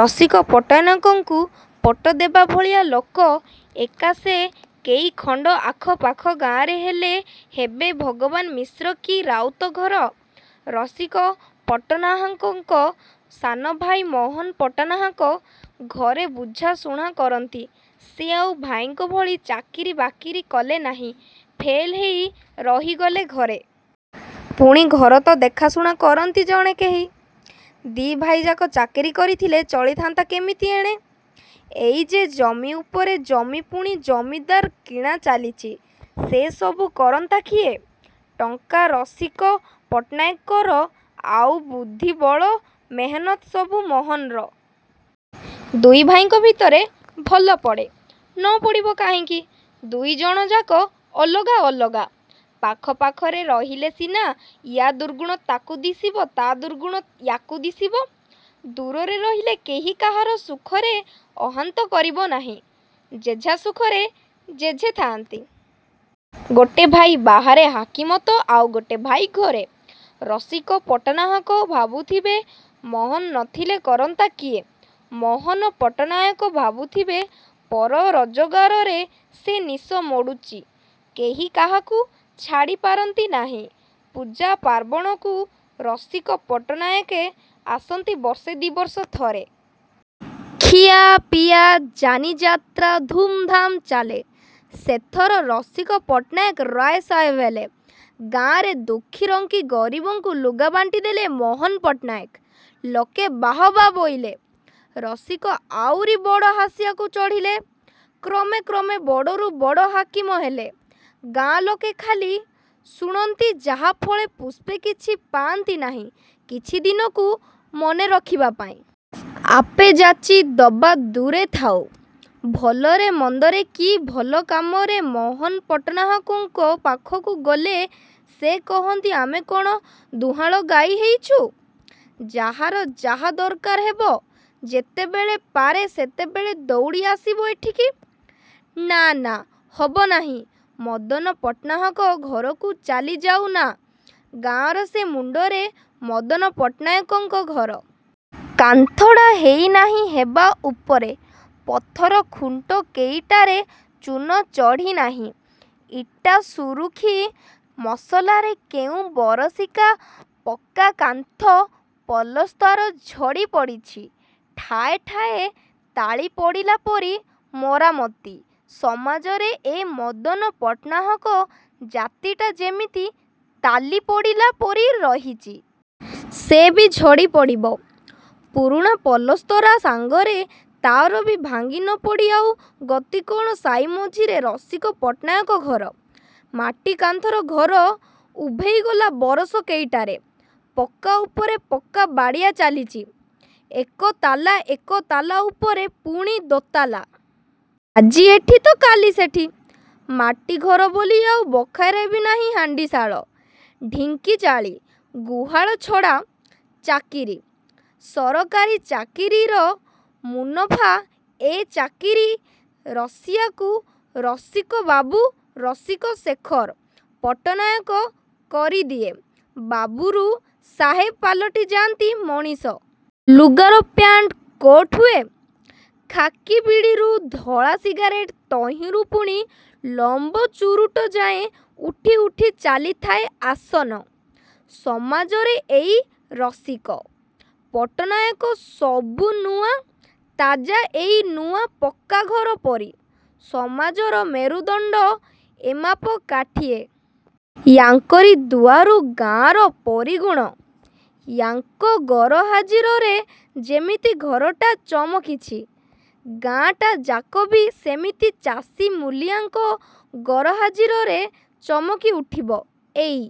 ରସିକ ପଟ୍ଟନାୟକଙ୍କୁ ପଟ୍ଟ ଦେବା ଭଳିଆ ଲୋକ ଏକା ସେ କେଇଖଣ୍ଡ ଆଖପାଖ ଗାଁରେ ହେଲେ ହେବେ ଭଗବାନ ମିଶ୍ର କି ରାଉତ ଘର। ରସିକପଟ୍ଟନାହାକଙ୍କ ସାନଭାଇ ମୋହନ ପଟ୍ଟନାହାକ ଘରେ ବୁଝାଶୁଣା କରନ୍ତି। ସେ ଆଉ ଭାଇଙ୍କ ଭଳି ଚାକିରି ବାକିରି କଲେ ନାହିଁ ଫେଲ ହେଇ ରହିଗଲେ ଘରେ। ପୁଣି ଘର ତ ଦେଖାଶୁଣା କରନ୍ତି ଜଣେ କେହି। ଦି ଭାଇଯାକ ଚାକିରି କରିଥିଲେ ଚଳି ଥାଆନ୍ତା କିମିତି ଏଣେ। ଏଇ ଯେ ଜମି ଉପରେ ଜମି ପୁଣି ଜମିଦାର କିଣା ଚାଲିଚି ସେ ସବୁ କରନ୍ତା କିଏ? ଟଙ୍କା ରସିକ ପଟ୍ଟନାୟକର ଆଉ ବୁଦ୍ଧିବଳ ମେହନତ୍ ସବୁ ମୋହନର। ଦୁଇ ଭାଇଙ୍କ ଭିତରେ ଭଲପଡ଼େ। ନ ପଡ଼ିବ କାହିଁକି? ଦୁଇଜଣଯାକ ଅଲଗା ଅଲଗା। ପାଖ ପାଖରେ ରହିଲେ ସିନା ୟା ଦୁର୍ଗୁଣ ତାକୁ ଦିଶିବ ତା ଦୁର୍ଗୁଣ ୟାକୁ ଦିଶିବ। ଦୂରରେ ରହିଲେ କେହି କାହାରି ସୁଖରେ ଅହନ୍ତା କରିବ ନାହିଁ। ଯେଝା ସୁଖରେ ଯେଝେ ଥାଆନ୍ତି। ଗୋଟେ ଭାଇ ବାହାରେ ହାକିମ ତ ଆଉ ଗୋଟେ ଭାଇ ଘରେ। ରସିକ ପଟ୍ଟନାହାକ ଭାବୁଥିବେ ମୋହନ ନଥିଲେ କରନ୍ତା କିଏ। ମୋହନ ପଟ୍ଟନାୟକ ଭାବୁଥିବେ ପର ରୋଜଗାରରେ ସେ ନିଶ ମୋଡ଼ୁଚି। କେହି କାହାକୁ ଛାଡ଼ି ପାରନ୍ତି ନାହିଁ । ପୂଜା ପାର୍ବଣକୁ ରସିକ ପଟ୍ଟନାୟକେ ଆସନ୍ତି ବର୍ଷେ ଦିବର୍ଷେ ଥରେ। ଖିଆ ପିଆ ଯାନିଯାତ୍ରା ଧୁମଧାମ୍ ଚାଲେ। ସେଥର ରସିକ ପଟ୍ଟନାୟକ ରାୟ ସାହେବ ହେଲେ। ଗାଁରେ ଦୁଃଖିରଙ୍କି ଗରିବଙ୍କୁ ଲୁଗା ବାଣ୍ଟି ଦେଲେ ମୋହନପଟ୍ଟନାୟକ। ଲୋକେ ବାହବା ବୋଇଲେ। ରସିକ ଆହୁରି ବଡ଼ ହସିଆକୁ ଚଢ଼ିଲେ। କ୍ରମେ କ୍ରମେ ବଡ଼ରୁ ବଡ଼ ହାକିମ ହେଲେ। ଗାଁ ଲୋକେ ଖାଲି ଶୁଣନ୍ତି ଯାହା ଫଳେପୁଷ୍ପେ କିଛି ପାଆନ୍ତି ନାହିଁ କିଛିଦିନକୁ ମନେରଖିବା ପାଇଁ। ଆପେ ଯାଚି ଦବା ଦୂରେ ଥାଉ ଭଲରେ ମନ୍ଦରେ କି ଭଲକାମରେ ମୋହନ ପଟ୍ଟନାହାକଙ୍କ ପାଖକୁ ଗଲେ ସେ କହନ୍ତି ଆମେ କଣ ଦୁହାଁଳ ଗାଈ ହେଇଛୁ ଯାହାର ଯାହା ଦରକାର ହେବ ଯେତେବେଳେ ପାରେ ସେତେବେଳେ ଦଉଡ଼ି ଆସିବ ଏଠିକି ନା ନା ହବ ନାହିଁ ମଦନ ପଟ୍ଟନାହାକ ଘରକୁ ଚାଲିଯାଉ ନା ଗାଁର ସେ ମୁଣ୍ଡରେ ମଦନପଟ୍ଟନାୟକଙ୍କ ଘର। କାନ୍ଥଡ଼ା ହେଇ ନାହିଁ ହେବା ଉପରେ । ପଥର ଖୁଣ୍ଟ କେଇଟାରେ ଚୂନ ଚଢ଼ି ନାହିଁ। ଇଟା ଶୁରୁଖୀ ମସଲାରେ କେଉଁ ବରଷିକା ପକ୍କା କାନ୍ଥ ପଲସ୍ତରା ଝଡ଼ି ପଡ଼ିଚି। ଠାଏ ଠାଏ ତାଳି ପଡ଼ିଲା ପରି ମରାମତି। ସମାଜରେ ଏ ମଦନ ପଟ୍ଟନାହାକ ଜାତିଟା ଯେମିତି ତାଲିପଡ଼ିଲା ପରି ରହିଚି। ସେ ବି ଝଡ଼ି ପଡ଼ିବ। ପୁରୁଣା ପଲସ୍ତରା ସାଙ୍ଗରେ ତାରବି ଭାଙ୍ଗି ନପଡ଼ି ଆଉ ଗତି କଣ ସାଇ ମଝିରେ ରସିକ ପଟ୍ଟନାୟକ ଘର। ମାଟି କାନ୍ଥର ଘର ଉଭେଇଗଲା ବରଷ କେଇଟାରେ। ପକ୍କା ଉପରେ ପକ୍କା ବାଡ଼ିଆ ଚାଲିଚି। ଏକତାଲା ଏକତାଲା ଉପରେ ପୁଣି ଦୋତାଲା। ଆଜି ଏଠି ତ କାଲି ସେଠି। ମାଟି ଘର ବୋଲି ଆଉ ବଖରାଏବି ନାହିଁ ହାଣ୍ଡିଶାଳ ଢିଙ୍କି ଚାଳି ଗୁହାଳ ଛଡ଼ା। ଚାକିରି। ସରକାରୀ ଚାକିରିର ମୁନଫା। ଏ ଚାକିରି ରସିଆକୁ ରସିକବାବୁ ରସିକ ଶେଖର ପଟ୍ଟନାୟକ କରିଦିଏ। ବାବୁରୁ ସାହେବ ପାଲଟି ଯାଆନ୍ତି ମଣିଷ। ଲୁଗାରୁ ପ୍ୟାଣ୍ଟ କୋଟ୍ ହୁଏ। ଖାକି ବିଡ଼ିରୁ ଧଳା ସିଗାରେଟ୍ ତହିଁରୁ ପୁଣି ଲମ୍ବ ଚୁରୁଟ ଯାଏଁ ଉଠି ଉଠି ଚାଲିଥାଏ ଆସନ। ସମାଜରେ ଏଇ ରସିକ ପଟ୍ଟନାୟକ ସବୁ ନୂଆ ତାଜା ଏଇ ନୂଆ ପକ୍କାଘର ପରି। ସମାଜର ମେରୁଦଣ୍ଡ ଏମାପ କାଠି ଏ। ୟାଙ୍କରି ଦୁଆରୁ ଗାଁର ପରିଗୁଣ। ୟାଙ୍କ ଗରହାଜିରରେ ଯେମିତି ଘରଟା ଚମକିଛି, ଗାଁଟାଯାକବି ସେମିତି ଚାଷୀ ମୂଲିଆଙ୍କ ଗରହାଜିରରେ ଚମିକି ଉଠିବ? ଏଇ